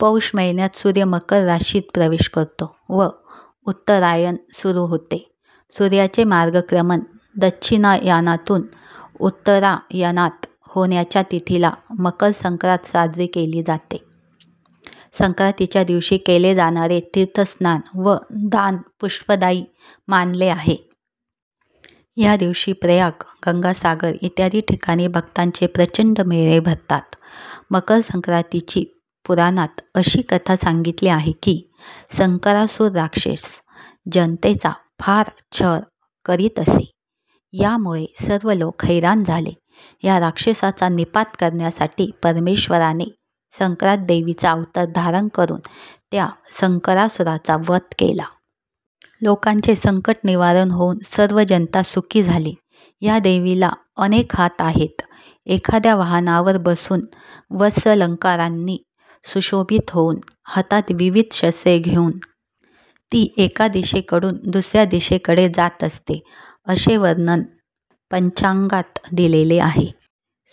पौष महिन्यात सुर्य मकर राशीत प्रवेश करतो व उत्तरायण सुरू होते. सूर्याचे मार्गक्रमण दक्षिणायानातून उत्तरायणात होण्याच्या तिथीला मकर संक्रांत साजरी केली जाते. संक्रांतीच्या दिवशी केले जाणारे तीर्थ स्नान व दान पुष्यदायी मानले आहे. या दिवशी प्रयाग, गंगासागर इत्यादी ठिकाणी भक्तांचे प्रचंड मेळे भरतात. मकरसंक्रांतीची पुराणात अशी कथा सांगितली आहे की संकरासुर राक्षस जनतेचा फार छळ करीत असे यामुळे सर्व लोक हैराण झाले. या राक्षसाचा नि:पात करण्यासाठी परमेश्वराने संक्रांत देवीचा अवतार धारण करून त्या संकरासुराचा वध केला. लोकांचे संकट निवारण होउन सर्व जनता सुखी झाली. या देवीला अनेक हात आहेत. एखाद्या वाहनावर बसून वस्त्रालंकारानी सुशोभित होऊन, हातात विविध शस्त्रे घेऊन ती एका दिशेकडून दुसरया दिशेकडे जात असते असे वर्णन पंचांगात दिलेले आहे.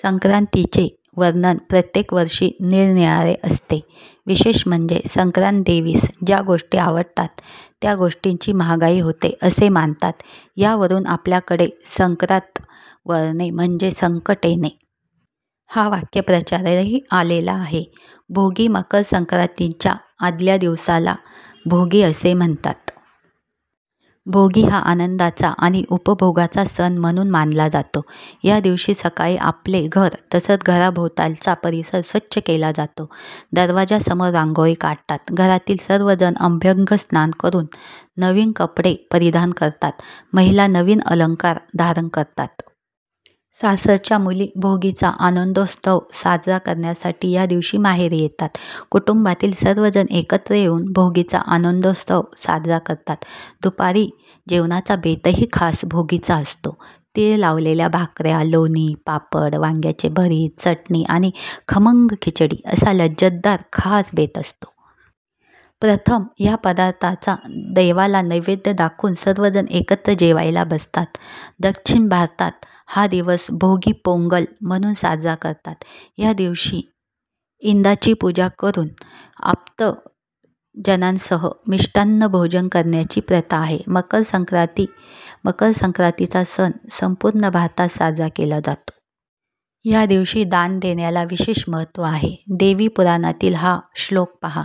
संक्रांतीचे वर्णन प्रत्येक वर्षी निरनिराळे असते. विशेष म्हणजे संक्रांत देवीस ज्या गोष्टी आवडतात त्या गोष्टींची महागाई होते असे मानतात यावरून आपल्याकडे संक्रांत वळणे म्हणजे संकट येणे हा वाक्प्रचारही आलेला आहे. भोगी: मकर संक्रांतीच्या आदल्या दिवसाला भोगी असे म्हणतात. भोगी हा आनंदाचा आणि उपभोगाचा सण म्हणून मानला जातो. या दिवशी सकाळी आपले घर तसंच घरासभोवतालचा परिसर स्वच्छ केला जातो. दरवाजासमोर रांगोळी काढतात. घरातील सर्व जण अभ्यंगस्नान करून नवीन कपडे परिधान करतात. महिला नवीन अलंकार धारण करतात. सासरच्या मुली भोगीचा आनंदोत्सव साजरा करण्यासाठी या दिवशी माहेरी येतात. कुटुंबातील सर्वजण एकत्र येऊन भोगीचा आनंदोत्सव साजरा करतात. दुपारी जेवणाचा बेतही खास भोगीचा असतो. तीळ लावलेल्या भाकऱ्या, लोणी, पापड, वांग्याचे भरीत, चटणी आणि खमंग खिचडी असा लज्जतदार खास बेत असतो. प्रथम या पदार्थाचा देवाला नैवेद्य दाखवून सर्वजण एकत्र जेवायला बसतात. दक्षिण भारतात हा दिवस भोगी पोंगल म्हणून साजरा करतात. या दिवशी इंदाची पूजा करून आप्तजनांसह मिष्टान्न भोजन करण्याची प्रथा आहे. मकर संक्रांती: मकर संक्रांतीचा सण संपूर्ण भारतात साजरा केला जातो. या दिवशी दान देण्याला विशेष महत्त्व आहे. देवीपुराणातील हा श्लोक पहा.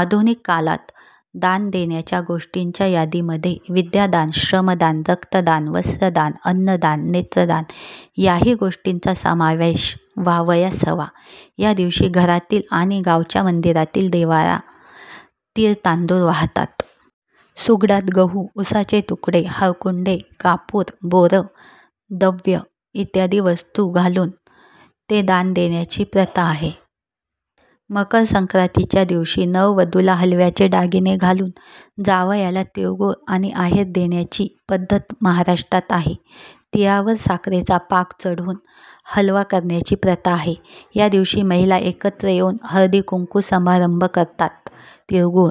आधुनिक कालात दान देण्याच्या गोष्टींच्या यादीमध्ये विद्यादान, श्रमदान, रक्तदान, वस्त्रदान, अन्नदान, नेत्रदान याही गोष्टींचा समावेश व्हावयास हवा. यादिवशी घरातील आणि गावच्या मंदिरातील देवाला तीळ-तांदुळ वाहतात. सुगडात गहू, उसाचे तुकडे, हळकुंडे, कापूर, बोरं, दव्य इत्यादी वस्तू घालून ते दान देण्याची प्रथा आहे. मकर संक्रांतीच्या दिवशी नववधूला हलव्याचे दागिने घालून जावयाला तिळगूळ आणि आहेर देण्याची पद्धत महाराष्ट्रात आहे. तिळावर साखरेचा पाक चढवून हलवा करण्याची प्रथा आहे. या दिवशी महिला एकत्र येऊन हळदीकुंकू समारंभ करतात, तिळगुळ